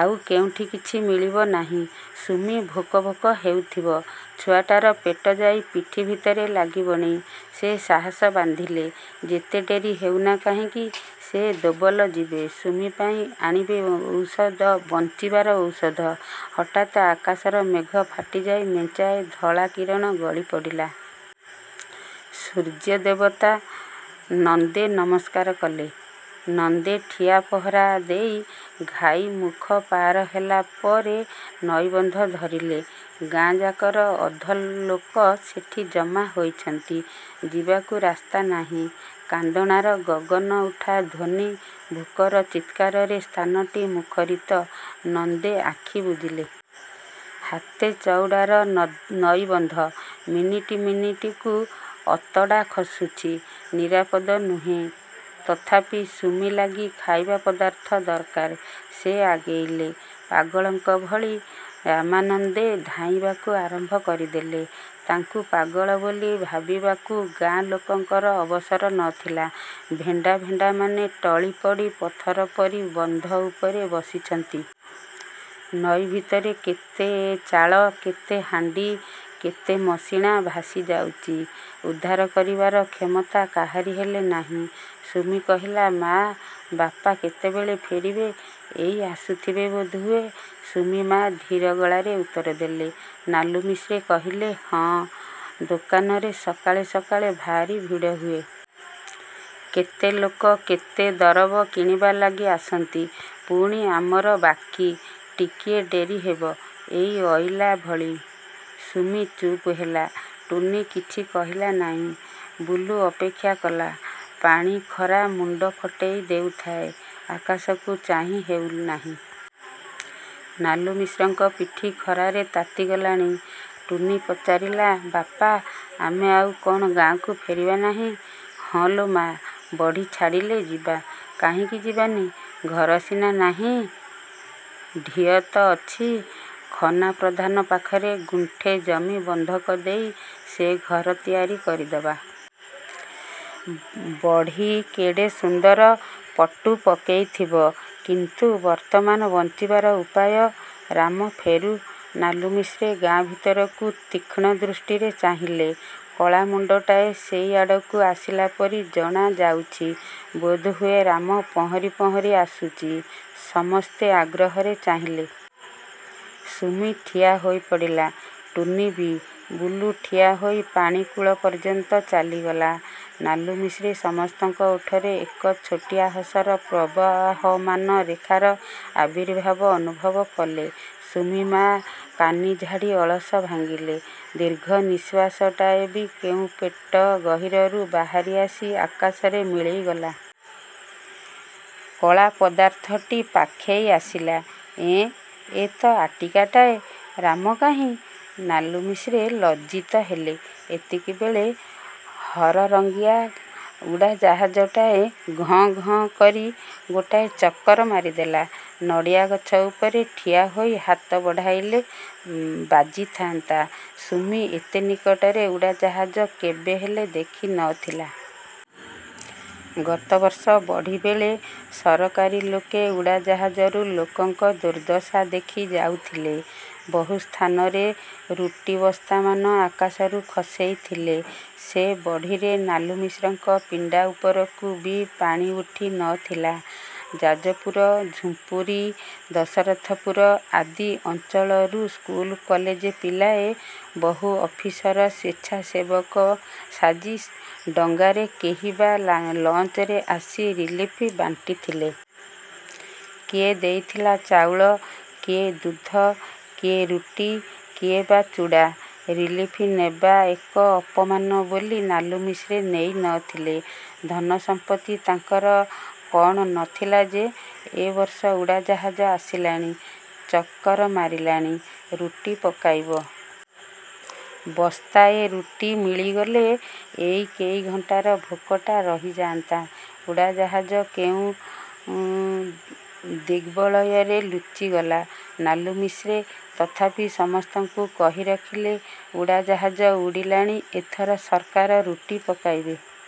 ଆଉ କେଉଁଠି କିଛି ମିଳିବ ନାଇଁ। ସୁମି ଭୋକ ଭୋକ ହେଉଥିବ। ଛୁଆଟାର ପେଟ ଯାଇ ପିଠି ଭିତରେ ଲାଗିବଣି। ସେ ସାହସ ବାନ୍ଧିଲେ। ଯେତେ ଡେରି ହେଉନା କାହିଁକି ସେ ଦୋବଲ ଯିବେ। ସୁମି ପାଇଁ ଆଣିବେ ବଞ୍ଚିବାର ଔଷଧ। ହଠାତ୍ ଆକାଶର ମେଘ ଫାଟିଯାଇ ମେଞ୍ଚାଏ ଧଳା କିରଣ ଗଳି ପଡ଼ିଲା। ସୂର୍ଯ୍ୟ ଦେବତା-ନନ୍ଦେ ନମସ୍କାର କଲେ। ନନ୍ଦେ ଠିଆ ପହଁରା ଦେଇ ଘାଇ ମୁଖ ପାର ହେଲା ପରେ ନଈବନ୍ଧ ଧରିଲେ। ଗାଁ-ଯାକର ଅଧ ଲୋକ ସେଠି ଜମା ହୋଇଛନ୍ତି। ଯିବାକୁ ରାସ୍ତା ନାହିଁ। କାନ୍ଦଣାର ଗଗନ ଉଠା ଧ୍ୱନି, ଭୋକର ଚିତ୍କାରରେ ସ୍ଥାନଟି ମୁଖରିତ। ନନ୍ଦେ ଆଖି ବୁଜିଲେ। ହାତେ ଚଉଡ଼ାର ନଈବନ୍ଧ। ମିନିଟ ମିନିଟକୁ ଅତଡ଼ା ଖସୁଚି। ନିରାପଦ ନୁହେଁ! ତଥାପି ସୁମି ଲାଗି ଖାଇବା ପଦାର୍ଥ ଦର୍କାର। ସେ ଆଗେଇଲେ। ପାଗଳଙ୍କ ଭଳି ରାମାନନ୍ଦେ ଧାଇଁବାକୁ ଆରମ୍ଭ କରିଦେଲେ। ତାଙ୍କୁ ପାଗଳ ବୋଲି ଭାବିବାକୁ ଗାଁ ଲୋକଙ୍କର ଅବସର ନ ଥିଲା। ଭେଣ୍ଡା ଭେଣ୍ଡାମାନେ ଟଳି ପଡ଼ି ପଥର ପରି ବନ୍ଧ ଉପରେ ବସିଛନ୍ତି। ନଈ ଭିତରେ କେତେ ଚାଳ, କେତେ ହାଣ୍ଡି, କେତେ ମସିଣା ଭାସି ଯାଉଚି। ଉଦ୍ଧାର କରିବାର କ୍ଷମତା କାହାରି ହେଲେ ନାଇଁ। ସୁମି କହିଲା-ମା, ବାପା କେତେବେଳେ ଫେରିବେ। -ଏଇ ଆସୁଥିବେ ବୋଧହୁଏ। ସୁମି-ମା ଧୀର ଗଳାରେ ଉତ୍ତର ଦେଲେ। ନାଲୁମିଶ୍ରେ କହିଲେ-ହଁ ଦୋକାନରେ ସକାଳେ ସକାଳେ ଭାରି ଭିଡ଼ ହୁଏ। କେତେ ଲୋକ କେତେ ଦରବ କିଣିବା ଲାଗି ଆସନ୍ତି। ପୁଣି ଆମର ବାକୀ। ଟିକିଏ ଡେରି ହେବ। ଏଇ ଅଇଲା ଭଳି। ସୁମି ଚୁପ୍ ହେଲା। ଟୁନୀ କିଛି କହିଲା ନାଇଁ। ବୁଲୁ ଅପେକ୍ଷା କଲା। ପାଣି ଖରା ମୁଣ୍ଡ ଫଟେଇ ଦେଉଥାଏ। ଆକାଶକୁ ଚାହିଁ ହେଉ ନାହିଁ। ନାଲୁମିଶ୍ରଙ୍କ ପିଠି ଖରାରେ ତାତି ଗଲାଣି। ଟୁନୀ ପଚାରିଲା-ବାପା, ଆମେ ଆଉ କଣ ଗାଁକୁ ଫେରିବା ନାହିଁ। ହଁ ଲୋ ମା, ବଢ଼ି ଛାଡ଼ିଲେ ଯିବା। କାହିଁକି ଯିବାନି। ଘର ସିନା ନାହିଁ। ଢିଅ ତ ଅଛି। ଖନା ପ୍ରଧାନ ପାଖରେ ଗୁଣ୍ଠେ ଜମି ବନ୍ଧକ ଦେଇ ସେ ଘର ତିଆରି କରି ନେବା। ବଢ଼ି କେଡ଼େ ସୁନ୍ଦର ପଟୁ ପକେଇଥିବ। କିନ୍ତୁ ବର୍ତ୍ତମାନ ବଞ୍ଚିବାର ଉପାୟ? ରାମ ଫେରୁ। ନାଲୁମିଶ୍ରେ ଗାଁ ଭିତରକୁ ତୀକ୍ଷ୍ଣ ଦୃଷ୍ଟିରେ ଚାହିଁଲେ। କଳା ମୁଣ୍ଡଟାଏ ସେଇ ଆଡ଼କୁ ଆସିଲା ପରି ଜଣା ଯାଉଚି। ବୋଧହୁଏ ରାମ ପହଁରି ପହଁରି ଆସୁଚି। ସମସ୍ତେ ଆଗ୍ରହରେ ଚାହିଁଲେ। ସୁମି ଠିଆ ହୋଇପଡ଼ିଲା। ଟୁନୀ ବି। ବୁଲୁ ଠିଆ ହୋଇ ପାଣି କୂଳ ପର୍ଯ୍ୟନ୍ତ ଚାଲିଗଲା। ନାଲୁମିଶ୍ରେ ସମସ୍ତଙ୍କ ଓଠରେ ଏକ ଛୋଟିଆ ହସର ପ୍ରବହମାନ ରେଖାର ଆବିର୍ଭାବ ଅନୁଭବ କଲେ। ସୁମି-ମା କାନି ଝାଡ଼ି ଅଳସ ଭାଙ୍ଗିଲେ। ଦୀର୍ଘ ନିଶ୍ୱାସଟାଏ ବି କେଉଁ ପେଟ ଗହୀରରୁ ବାହାରି ଆସି ଆକାଶରେ ମିଳେଇ ଗଲା-। କଳା ପଦାର୍ଥଟି ପାଖେଇ ଆସିଲା। ଏଁ-ଏ ତ ଆଟିକାଟାଏ। ରାମ କାହିଁ? ନାଲୁମିଶ୍ରେ ଲଜ୍ଜିତ ହେଲେ। ଏତିକିବେଳେ ହରରଙ୍ଗିଆ ଉଡ଼ାଜାହାଜଟାଏ ଘଁ-ଘଁ କରି ଗୋଟାଏ ଚକର ମାରିଦେଲା-। ନଡ଼ିଆଗଛ ଉପରେ ଠିଆ ହୋଇ ହାତ ବଢ଼େଇଲେ ବାଜିଥାନ୍ତା। ସୁମି ଏତେ ନିକଟରେ ଉଡ଼ାଜାହାଜ କେବେ ହେଲେ ଦେଖି ନ ଥିଲା। ଗତ ବର୍ଷ ବଢ଼ି ବେଳେ ସରକାରୀ ଲୋକେ ଉଡ଼ାଜାହାଜରୁ ଲୋକଙ୍କ ଦୁର୍ଦ୍ଦଶା ଦେଖି ଯାଇଥିଲେ। ବହୁ ସ୍ଥାନରେ ରୁଟି ବସ୍ତାମାନ ଆକାଶରୁ ଖସେଇ ଥିଲେ। ସେ ବଢ଼ିରେ ନାଲୁମିଶ୍ରଙ୍କ ପିଣ୍ଡା ଉପରକୁ ବି ପାଣି ଉଠି ନ ଥିଲା। ଯାଜପୁର, ଝୁମ୍ପୁରି, ଦଶରଥପୁର ଆଦି ଅଞ୍ଚଳରୁ ସ୍କୁଲ କଲେଜ ପିଲାଏ; ବହୁ ଅଫିସର ସ୍ୱେଚ୍ଛାକସେବକ ସାଜି ଡଙ୍ଗାରେ, କେହି ବା ଲଞ୍ଚରେ ଆସି ରିଲିଫ୍ ବାଣ୍ଟିଥିଲେ। କିଏ ଦେଇଥିଲା ଚାଉଳ, କିଏ ଦୁଧ, କିଏ ରୁଟି-କିଏ ବା ଚୁଡ଼ା। ରିଲିଫ୍ ନେବା ଏକ ଅପମାନ ବୋଲି ନାଲୁମିଶ୍ରେ ନେଇ ନ ଥିଲେ। ଧନ ସମ୍ପତ୍ତି ତାଙ୍କର କଣ ନ ଥିଲା ଯେ? ଏ ବର୍ଷ ଉଡ଼ାଜାହାଜ ଆସିଲାଣି, ଚକର୍ ମାରିଲାଣି। ରୁଟି ପକେଇବ। ବସ୍ତାଏ ରୁଟି ମିଳିଗଲେ ଏଇ କେଇ ଘଣ୍ଟାର ଭୋକଟା ରହିଯାଆନ୍ତା। ଉଡ଼ାଜାହାଜ କେଉଁ ଦିଗ୍ବଳୟରେ ଲୁଚିଗଲା। ନାଲୁମିଶ୍ରେ ତଥାପି ସମସ୍ତଙ୍କୁ କହି ରଖିଲେ-ଉଡ଼ାଜାହାଜ ଉଡ଼ିଲାଣି ଏଥର ସର୍କାର ରୁଟି ପକେଇବେ।